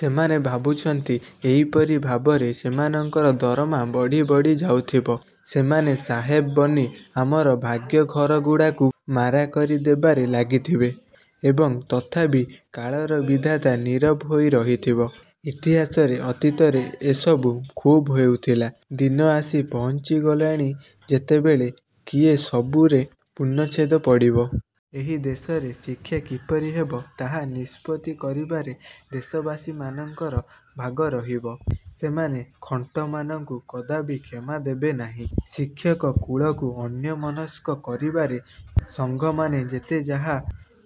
ସେମାନେ ଭାବୁଛନ୍ତି, ଏହିପରି ଭାବରେ ସେମାନଙ୍କର ଦରମା ବଢ଼ି ବଢ଼ି ଯାଉଥିବ, ସେମାନେ ସାହେବ ବନି ଆମର ଭାଗ୍ୟ-ଘରଗୁଡ଼ାକୁ ମାରା କରି ଦେବାରେ ଲାଗିଥିବେ ଏବଂ ତଥାପି କାଳର ବିଧାତା ନୀରବ ହୋଇ ରହିଥିବ। ଇତିହାସରେ ଅତୀତରେ ଏସବୁ ଖୁବ୍ ହେଉଥିଲା; ଦିନ ଆସି ପହଞ୍ଚି ଗଲାଣି ଯେତେବେଳେ କି ଏ ସବୁରେ ପୂର୍ଣ୍ଣଚ୍ଛେଦ ପଡ଼ିବ। ଏହି ଦେଶରେ ଶିକ୍ଷା କିପରି ହେବ, ତାହା। ନିଷ୍ପତ୍ତି କରିବାରେ ଦେଶବାସୀଙ୍କର ଭାଗ ରହିବ। ସେମାନେ ଖଣ୍ଟମାନଙ୍କୁ କଦାପି କ୍ଷମା ଦେବେ ନାହିଁ। ଶିକ୍ଷକକୁଳକୁ ଅନ୍ୟମନସ୍କ କରିବାରେ ସଂଘମାନେ ଯେତେ ଯାହା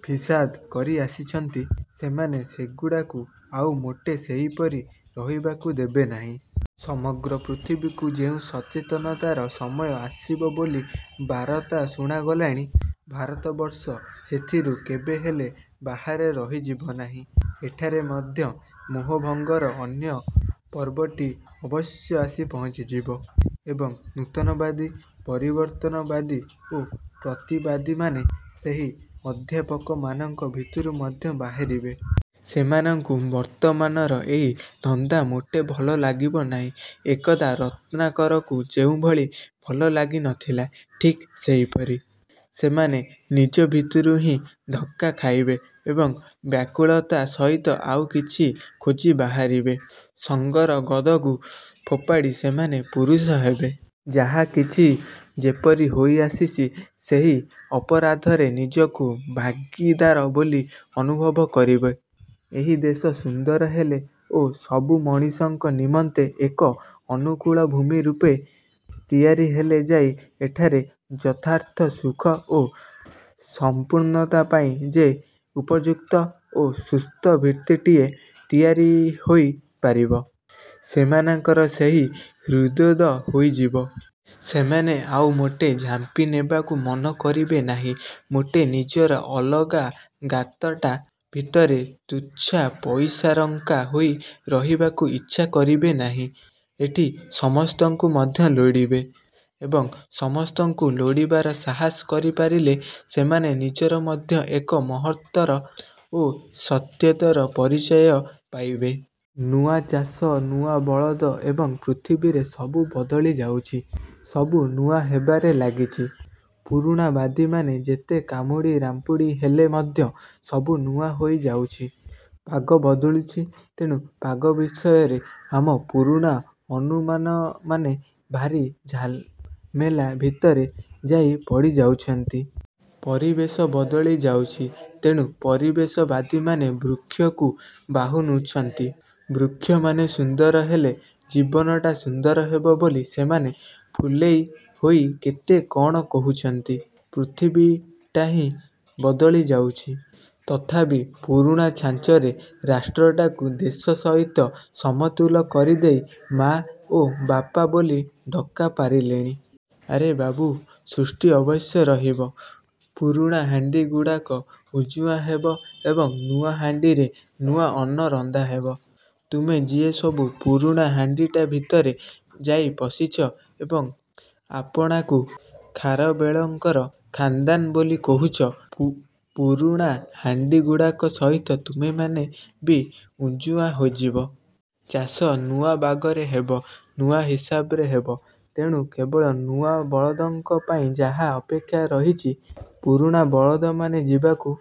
ଫିସାଦ କରି ଆସିଛନ୍ତି, ସେମାନେ ସେଗୁଡ଼ିକୁ ଆଉ ମୋଟେ ସେହିପରି ରହିବାକୁ ଦେବେ ନାହିଁ। ସମଗ୍ର ପୃଥିବୀକୁ ଯେଉଁ ସଚେତନତାର ସମୟ ଆସିବ ବୋଲି ବାରତା ଶୁଣାଗଲାଣି, ଭାରତବର୍ଷ ସେଥିରୁ କେବେହେଲେ ବାହାରେ ରହିଯିବ ନାହିଁ। ଏଠାରେ ମଧ୍ୟ ମୋହଭଙ୍ଗର ଅନ୍ୟ ପର୍ବଟି ଅବଶ୍ୟ ଆସି ପହଞ୍ଚିଯିବ। ଏବଂ, ନୂତନବାଦୀ, ପରିବର୍ତ୍ତନବାଦୀ ଓ ପ୍ରତିବାଦୀମାନେ ସେହି ଅଧ୍ୟାପକମାନଙ୍କ ଭିତରୁ ମଧ୍ୟ ବାହାରିବେ। ସେମାନଙ୍କୁ ବର୍ତ୍ତମାନର ଏହି ଧନ୍ଦା ମୋଟେ ଭଲ ଲାଗିବ ନାହିଁ। ଏକଦା ରତ୍ନାକରକୁ ଯେଉଁଭଳି ଭଲ ଲାଗି ନଥିଲା, ଠିକ୍ ସେହିପରି। ସେମାନେ ନିଜ ଭିତରୁ ହିଁ ଧକ୍କା ଖାଇବେ ଏବଂ ବ୍ୟାକୁଳତା ସହିତ ଆଉ କିଛି ଖୋଜି ବାହାରିବେ। ସଂଘର ଗଦକୁ ଫୋପାଡ଼ି ସେମାନେ ପୁରୁଷ ହେବେ। ଯାହାକିଛି ଯେପରି ହୋଇ ଆସିଛି, ସେହି ଅପରାଧରେ ନିଜକୁ ଭାଗୀଦାର ବୋଲି ଅନୁଭବ କରିବେ। ଏହି ଦେଶ ସୁନ୍ଦର ହେଲେ ଓ ସବୁ ମଣିଷଙ୍କ ନିମନ୍ତେ ଏକ ଅନୁକୂଳ ଭୂମି ରୂପେ ତିଆରି ହେଲେ ଯାଇ ଏଠାରେ ଯଥାର୍ଥ ସୁଖ ଓ ସଂପୂର୍ଣ୍ଣତା ପାଇଁ ଯେ ଉପଯୁକ୍ତ ଓ ସୁସ୍ଥ ଭିତ୍ତିଟିଏ ତିଆରି ହୋଇ ପାରିବ, ସେମାନଙ୍କର ସେହି ହୃଦ୍ବୋଧ ହୋଇଯିବ। ସେମାନେ ଆଉ ମୋଟେ ଝାମ୍ପି ନେବାକୁ ମନ କରିବେ ନାହିଁ। ମୋଟେ ନିଜର ଅଲଗା ଗାତଟା ଭିତରେ ତୁଚ୍ଛା ପଇସାରଙ୍କା ହୋଇ ରହିବାକୁ ଇଚ୍ଛା କରିବେ ନାହିଁ। ଏଠି ସମସ୍ତଙ୍କୁ ମଧ୍ୟ ଲୋଡ଼ିବେ-। ଏବଂ, ସମସ୍ତଙ୍କୁ ଲୋଡ଼ିବାର ସାହସ କରିପାରିଲେ ସେମାନେ ନିଜର ମଧ୍ୟ ଏକ ମହତ୍ତର ଓ ସତ୍ୟତର ପରିଚୟ ପାଇବେ। ନୂଆ ଚାଷ ନୂଆ ବଳଦ ଏବେ ପୃଥିବୀରେ ସବୁ ବଦଳି ଯାଉଛି। ସବୁ ନୂଆ ହେବାରେ ଲାଗିଛି। ପୁରୁଣାବାଦୀମାନେ ଯେତେ କାମୁଡ଼ି ରାମ୍ପୁଡ଼ି ହେଲେ ମଧ୍ୟ ସବୁ ନୂଆ ହୋଇଯାଉଛି। ପାଗ ବଦଳୁଛି, ତେଣୁ ପାଗ ବିଷୟରେ ଆମ ପୁରୁଣା ଅନୁମାନମାନେ ଭାରି ଝାମେଲା ଭିତରେ ଯାଇ ପଡ଼ିଯାଉଛନ୍ତି। ପରିବେଶ ବଦଳି ଯାଉଛି, ତେଣୁ ପରିବେଶବାଦୀମାନେ ବୃକ୍ଷକୁ ବାହୁନୁଛନ୍ତି, ବୃକ୍ଷମାନେ ସୁନ୍ଦର ହେଲେ ଜୀବନଟା ସୁନ୍ଦର ହେବ ବୋଲି ସେମାନେ ଫୁଲେଇ ହୋଇ କେତେ କ'ଣ କହୁଛନ୍ତି। ପୃଥିବୀଟା ହିଁ ବଦଳି ଯାଉଛି। ତଥାପି ପୁରୁଣା ଛାଞ୍ଚରେ ରାଷ୍ଟ୍ରଟାକୁ ଦେଶ ସହିତ ସମତୁଲ କରିଦେଇ ମାଆ ଓ ବାପା ବୋଲି ଡ଼କା ପାରିଲେଣି। ଆରେ ବାବୁ, ସୃଷ୍ଟି ଅବଶ୍ୟ ରହିବ-। ପୁରୁଣା ହାଣ୍ଡିଗୁଡ଼ାକ ଉଜୁଆଁ ହେବ ଏବଂ ନୂଆ ହାଣ୍ଡିରେ ନୂଆ ଅନ୍ନ ରନ୍ଧାହେବ। ତୁମେ ଯିଏସବୁ ପୁରୁଣା ହାଣ୍ଡିଟା ଭିତରେ ଯାଇ ପଶିଛ ଏବଂ ଆପଣାକୁ ଖାରବେଳଙ୍କର ଖାନ୍ଦାନ ବୋଲି କହୁଛ, ପୁରୁଣା ହାଣ୍ଡିଗୁଡ଼ିକ ସହିତ ତୁମେମାନେ ବି ଉଜୁଆଁ ହୋଇଯିବ। ଚାଷ ନୂଆ ବାଗରେ ହେବ, ନୂଆ ହିସାବରେ ହେବ। ତେଣୁ, କେବଳ ନୂଆ ବଳଦଙ୍କ ପାଇଁ ଯାହା ଅପେକ୍ଷା ରହିଛି। ପୁରୁଣା ବଳଦମାନେ ଯିବାକୁ